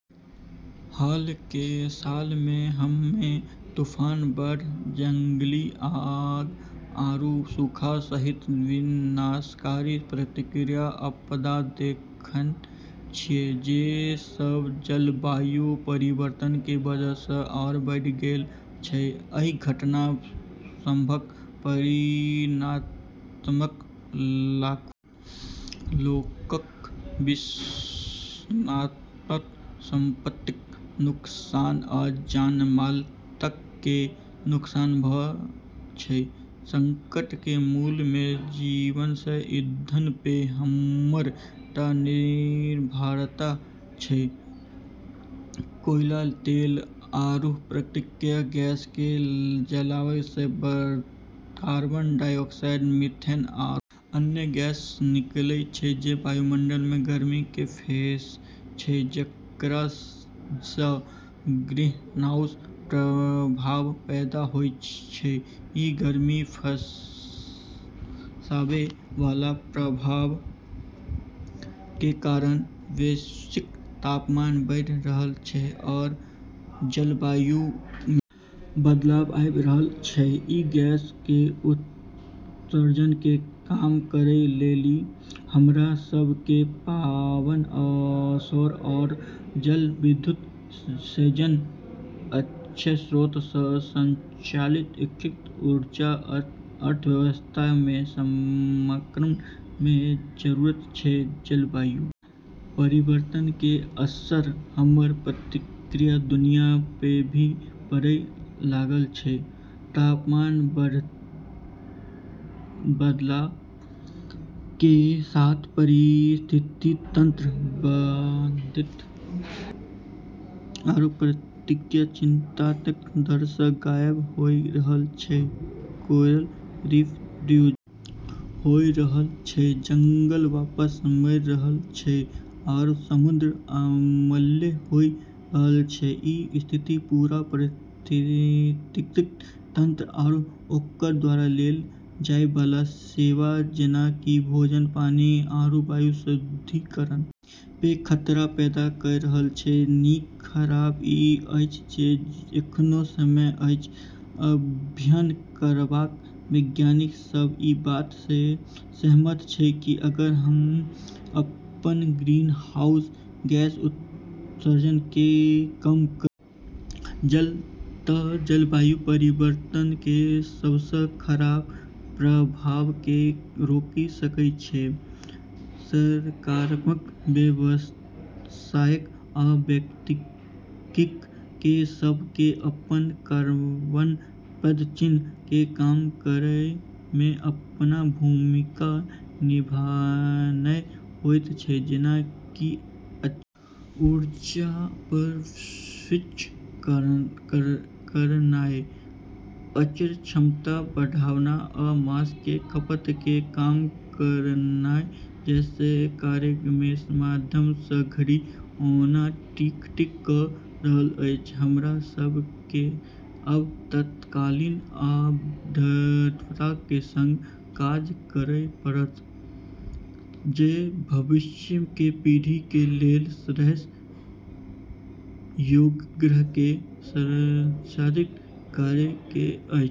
हाल केरऽ सालऽ मे हम्में तूफान, बाढ़, जंगली आग, आरू सूखा सहित विनाशकारी प्राकृतिक आपदा देखन॑ छियै जे सब जलवायु परिवर्तन के वजह से आरू बढ़ी गेलऽ छै, एहि घटना सभक परिणामस्वरूप लाखों लोकक विस्थापन, संपत्तिक नुकसान आ जान-माल तक केर नुकसान भेल अछि, संकट केरऽ मूल मे जीवाश्म ईंधन पे हमरऽ निर्भरता छै, कोयला, तेल आरू प्राकृतिक गैस के जलाबै से कार्बन डाइऑक्साइड, मीथेन आरू अन्य गैस निकलै छै जे वायुमंडल मे गर्मी के फंसै छै जेकरा से ग्रीनहाउस प्रभाव पैदा होय छै, ई गर्मी फँसाबै वाला प्रभाव के कारण वैश्विक तापमान बढ़ी रहलऽ छै आरू जलवायु मे बदलाव आबी रहलऽ छै, ई गैसऽ के उत्सर्जन के कम करै लेली हमरा सब के पवन, सौर आरू जलविद्युत जैसनऽ अक्षय स्रोतऽ स संचालित स्वच्छ ऊर्जा अर्थव्यवस्था मे संक्रमण के जरूरत छै, जलवायु परिवर्तन केरऽ असर हमरऽ प्राकृतिक दुनिया पे भी पड़े लगलऽ छै, तापमान बढ़ला के साथ पारिस्थितिकी तंत्र बाधित होय रहलऽ छै आरू प्रजाति चिंताजनक दर से गायब होय रहलऽ छै, कोरल रीफ ब्लीच होय रहलऽ छै, जंगल वापस मरै लगलऽ छै आरू समुद्र अम्लीय होय रहलऽ छै, ई स्थिति पूरा पारिस्थितिकी तंत्र आरू ओकरऽ द्वारा देलऽ जाय वाला सेवा जेना कि भोजन, पानी आरू वायु शुद्धिकरण पे खतरा पैदा करी रहलऽ छै, नीक खबर ई अछि जे एखनो समय अछि अभिनय करबाक, वैज्ञानिक सब ई बात से सहमत छै कि अगर हम्मं अपनऽ ग्रीनहाउस गैस उत्सर्जन के कम करबै त जलवायु परिवर्तन केरऽ सबसें खराब प्रभाव के रोकी सकै छियै, सरकारक, व्यवसायक आ व्यक्तिक कें सब कें अपन कार्बन पदचिह्न कें कम करय मे अपन भूमिका निभानाय होयत छै जेना कि अक्षय ऊर्जा पर स्विच करनाय, ऊर्जा दक्षता बढ़ावा, आ मांस कें खपत कें कम करनाय जैना कार्यक कें माध्यम सं, घड़ी ओना टिक-टिक क रहल अछि, हमरा सब के आब तात्कालिकता आ दृढ़ता के संग काज करय पड़त जं भविष्य के पीढ़ी के लेल रहय योग्य ग्रह के संरक्षित करय के अछि।